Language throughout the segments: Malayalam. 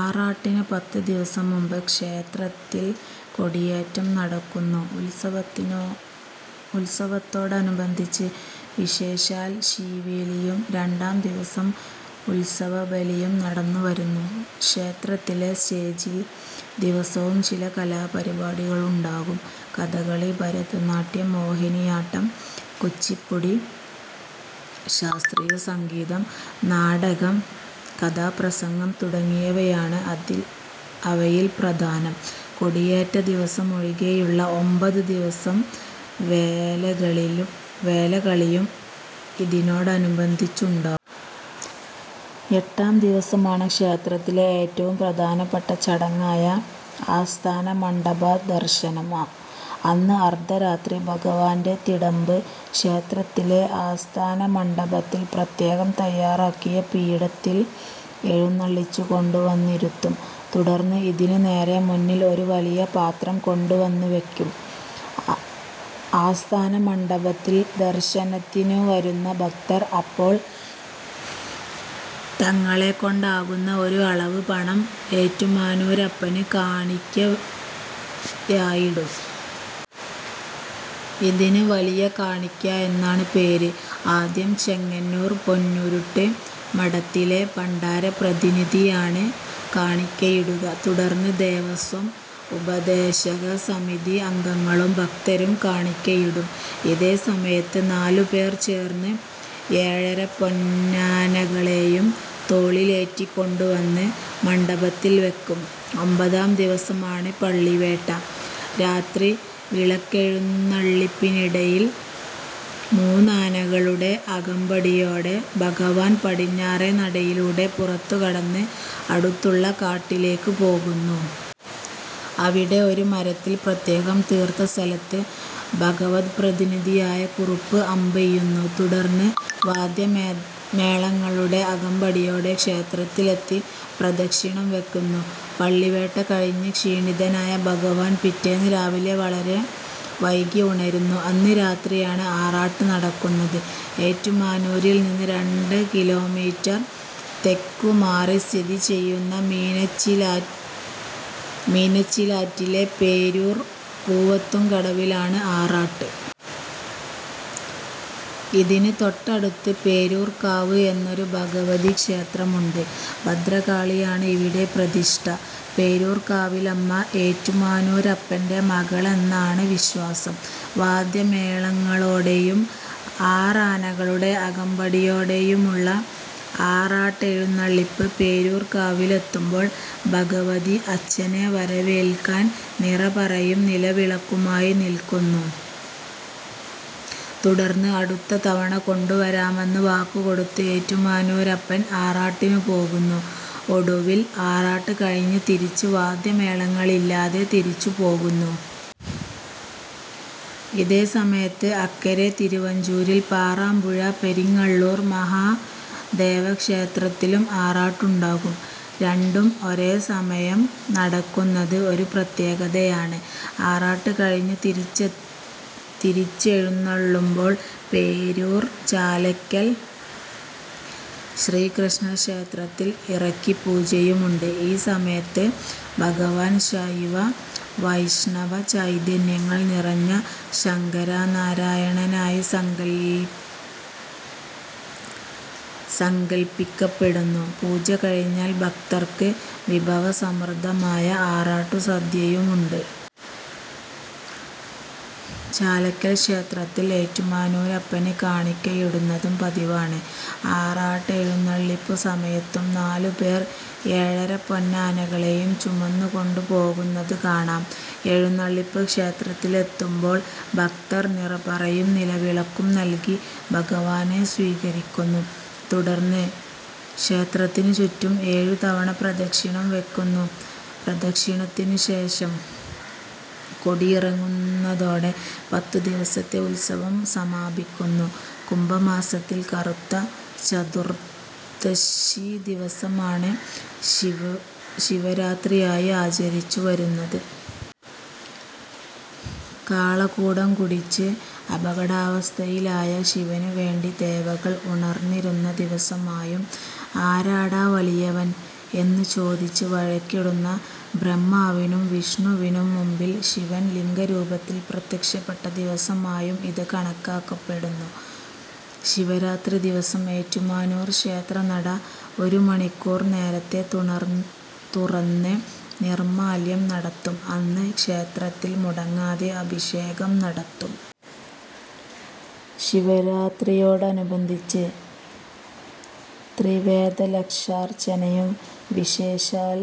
ആറാട്ടിന് പത്തുദിവസം മുമ്പ് ക്ഷേത്രത്തിൽ കൊടിയേറ്റം നടക്കുന്നു. ഉത്സവത്തോടനുബന്ധിച്ച് വിശേഷാൽ ശീവേലിയും രണ്ടാം ദിവസം ഉത്സവബലിയും നടന്നുവരുന്നു. ക്ഷേത്രത്തിലെ സ്റ്റേജിൽ ദിവസവും ചില കലാപരിപാടികളുണ്ടാകും. കഥകളി, ഭരതനാട്യം, മോഹിനിയാട്ടം, കുച്ചിപ്പുഡി, ശാസ്ത്രീയ സംഗീതം, നാടകം, കഥാപ്രസംഗം തുടങ്ങിയവയാണ് അവയിൽ പ്രധാനം. കൊടിയേറ്റദിവസമൊഴികെയുള്ള ഒമ്പത് ദിവസം വേലകളിയും ഇതിനോടനുബന്ധിച്ചുണ്ടാകും. എട്ടാം ദിവസമാണ് ക്ഷേത്രത്തിലെ ഏറ്റവും പ്രധാനപ്പെട്ട ചടങ്ങായ ആസ്ഥാനമണ്ഡപദർശനം. അന്ന് അർദ്ധരാത്രി ഭഗവാന്റെ തിടമ്പ് ക്ഷേത്രത്തിലെ ആസ്ഥാനമണ്ഡപത്തിൽ പ്രത്യേകം തയ്യാറാക്കിയ പീഠത്തിൽ എഴുന്നള്ളിച്ചുകൊണ്ടുവന്നിരുത്തും. തുടർന്ന് ഇതിന് നേരെ മുന്നിൽ ഒരു വലിയ പാത്രം കൊണ്ടുവന്നുവയ്ക്കും. ആസ്ഥാനമണ്ഡപത്തിൽ ദർശനത്തിനുവരുന്ന ഭക്തർ അപ്പോൾ തങ്ങളെക്കൊണ്ടാകുന്ന ഒരു അളവ് പണം ഏറ്റുമാനൂരപ്പന് കാണിയ്ക്കയായിടും. ഇതിന് 'വലിയ കാണിയ്ക്ക' എന്നാണ് പേര്. ആദ്യം ചെങ്ങന്നൂർ പൊന്നുരൂട്ട് മഠത്തിലെ പണ്ടാരപ്രതിനിധിയാണ് കാണിയ്ക്കയിടുക. തുടർന്ന് ദേവസ്വം, ഉപദേശകസമിതി അംഗങ്ങളും ഭക്തരും കാണിയ്ക്കയിടും. ഇതേ സമയത്ത്, നാലുപേർ ചേർന്ന് ഏഴരപ്പൊന്നാനകളെയും തോളിലേറ്റിക്കൊണ്ടുവന്ന് മണ്ഡപത്തിൽ വയ്ക്കും. ഒമ്പതാം ദിവസമാണ് പള്ളിവേട്ട. രാത്രി വിളക്കെഴുന്നള്ളിപ്പിനിടയിൽ മൂന്നാനകളുടെ അകമ്പടിയോടെ ഭഗവാൻ പടിഞ്ഞാറേ നടയിലൂടെ പുറത്തുകടന്ന് അടുത്തുള്ള കാട്ടിലേയ്ക്ക് പോകുന്നു. അവിടെ ഒരു മരത്തിൽ പ്രത്യേകം തീർത്ത സ്ഥലത്ത് ഭഗവദ്പ്രതിനിധിയായ കുറുപ്പ് അമ്പെയ്യുന്നു. തുടർന്ന് വാദ്യമേളങ്ങളുടെ അകമ്പടിയോടെ ക്ഷേത്രത്തിലെത്തി പ്രദക്ഷിണം വയ്ക്കുന്നു. പള്ളിവേട്ട കഴിഞ്ഞ് ക്ഷീണിതനായ ഭഗവാൻ പിറ്റേന്ന് രാവിലെ വളരെ വൈകി ഉണരുന്നു. അന്ന് രാത്രിയാണ് ആറാട്ട് നടക്കുന്നത്. ഏറ്റുമാനൂരിൽ നിന്ന് രണ്ട് കിലോമീറ്റർ തെക്കുമാറി സ്ഥിതിചെയ്യുന്ന മീനച്ചിലാറ്റിലെ പേരൂർ പൂവത്തുംകടവിലാണ് ആറാട്ട്. ഇതിന് തൊട്ടടുത്ത് 'പേരൂർക്കാവ്' എന്നൊരു ഭഗവതിക്ഷേത്രമുണ്ട്. ഭദ്രകാളിയാണ് ഇവിടെ പ്രതിഷ്ഠ. പേരൂർക്കാവിലമ്മ ഏറ്റുമാനൂരപ്പന്റെ മകളാണെന്നാണ് വിശ്വാസം. വാദ്യമേളങ്ങളോടെയും ആറാനകളുടെ അകമ്പടിയോടെയുമുള്ള ആറാട്ടെഴുന്നള്ളിപ്പ് പേരൂർക്കാവിലെത്തുമ്പോൾ ഭഗവതി അച്ഛനെ വരവേൽക്കാൻ നിറപറയും നിലവിളക്കുമായി നിൽക്കുന്നു. തുടർന്ന്, അടുത്ത തവണ കൊണ്ടുവരാമെന്ന് വാക്കുകൊടുത്ത് ഏറ്റുമാനൂരപ്പൻ ആറാട്ടിന് പോകുന്നു. ഒടുവിൽ, ആറാട്ട് കഴിഞ്ഞ് തിരിച്ച് വാദ്യമേളങ്ങളില്ലാതെ തിരിച്ചുപോകുന്നു. ഇതേ സമയത്ത്, അക്കരെ തിരുവഞ്ചൂരിൽ പാറാമ്പുഴ പെരിങ്ങള്ളൂർ മഹാദേവക്ഷേത്രത്തിലും ആറാട്ടുണ്ടാകും. രണ്ടും ഒരേ സമയം നടക്കുന്നത് ഒരു പ്രത്യേകതയാണ്. ആറാട്ട് കഴിഞ്ഞ് തിരിച്ചെഴുന്നള്ളുമ്പോൾ പേരൂർ ചാലയ്ക്കൽ ശ്രീകൃഷ്ണക്ഷേത്രത്തിൽ ഇറക്കിപ്പൂജയുമുണ്ട്. ഈ സമയത്ത് ഭഗവാൻ ശൈവ-വൈഷ്ണവചൈതന്യങ്ങൾ നിറഞ്ഞ ശങ്കരനാരായണനായി സങ്കല്പിക്കപ്പെടുന്നു. പൂജ കഴിഞ്ഞാൽ ഭക്തർക്ക് വിഭവസമൃദ്ധമായ ആറാട്ടുസദ്യയുമുണ്ട്. ചാലയ്ക്കൽ ക്ഷേത്രത്തിൽ ഏറ്റുമാനൂരപ്പന് കാണിയ്ക്കയിടുന്നതും പതിവാണ്. ആറാട്ടെഴുന്നള്ളിപ്പുസമയത്തും നാലുപേർ ഏഴരപ്പൊന്നാനകളെയും ചുമന്നുകൊണ്ടുപോകുന്നത് കാണാം. എഴുന്നള്ളിപ്പ് ക്ഷേത്രത്തിലെത്തുമ്പോൾ ഭക്തർ നിറപറയും നിലവിളക്കും നൽകി ഭഗവാനെ സ്വീകരിയ്ക്കുന്നു. തുടർന്ന്, ക്ഷേത്രത്തിനുചുറ്റും ഏഴുതവണ പ്രദക്ഷിണം വയ്ക്കുന്നു. പ്രദക്ഷിണത്തിനുശേഷം കൊടിയിറങ്ങുന്നതോടെ പത്തുദിവസത്തെ ഉത്സവം സമാപിയ്ക്കുന്നു. കുംഭമാസത്തിൽ കറുത്ത ചതുർദ്ദശിദിവസമാണ് ശിവരാത്രിയായി ആചരിച്ചുവരുന്നത്. കാളകൂടം കുടിച്ച് അപകടാവസ്ഥയിലായ ശിവനുവേണ്ടി ദേവകൾ ഉണർന്നിരുന്ന ദിവസമായും 'ആരാടാ വലിയവൻ? ' എന്നുചോദിച്ച് വഴക്കിടുന്ന ബ്രഹ്മാവിനും വിഷ്ണുവിനും മുമ്പിൽ ശിവൻ ലിംഗരൂപത്തിൽ പ്രത്യക്ഷപ്പെട്ട ദിവസമായും ഇത് കണക്കാക്കപ്പെടുന്നു. ശിവരാത്രിദിവസം ഏറ്റുമാനൂർ ക്ഷേത്രനട ഒരുമണിക്കൂർ നേരത്തെ തുറന്ന് നിർമ്മാല്യം നടത്തും. അന്ന് ക്ഷേത്രത്തിൽ മുടങ്ങാതെ അഭിഷേകം നടത്തും. ശിവരാത്രിയോടനുബന്ധിച്ച് ത്രിവേദലക്ഷാർച്ചനയും വിശേഷാൽ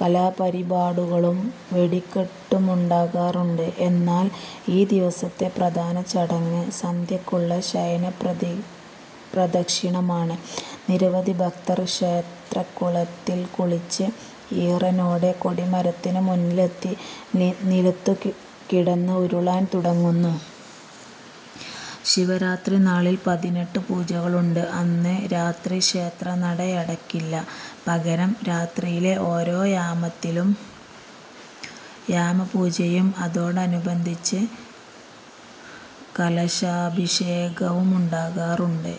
കലാപരിപാടുകളും വെടിക്കെട്ടുമുണ്ടാകാറുണ്ട്. എന്നാൽ, ഈ ദിവസത്തെ പ്രധാന ചടങ്ങ് സന്ധ്യയ്ക്കുള്ള ശയനപ്രദക്ഷിണമാണ്. നിരവധി ഭക്തർ ക്ഷേത്രക്കുളത്തിൽ കുളിച്ച് ഈറനോടെ കൊടിമരത്തിന് മുന്നിലെത്തി നിലത്തുകിടന്ന് ഉരുളാൻ തുടങ്ങുന്നു. ശിവരാത്രിനാളിൽ പതിനെട്ട് പൂജകളുണ്ട്. അന്ന് രാത്രി ക്ഷേത്രനടയടയ്ക്കില്ല. പകരം, രാത്രിയിലെ ഓരോ യാമത്തിലും യാമപൂജയും അതോടനുബന്ധിച്ച് കലശാഭിഷേകവുമുണ്ടാകാറുണ്ട്.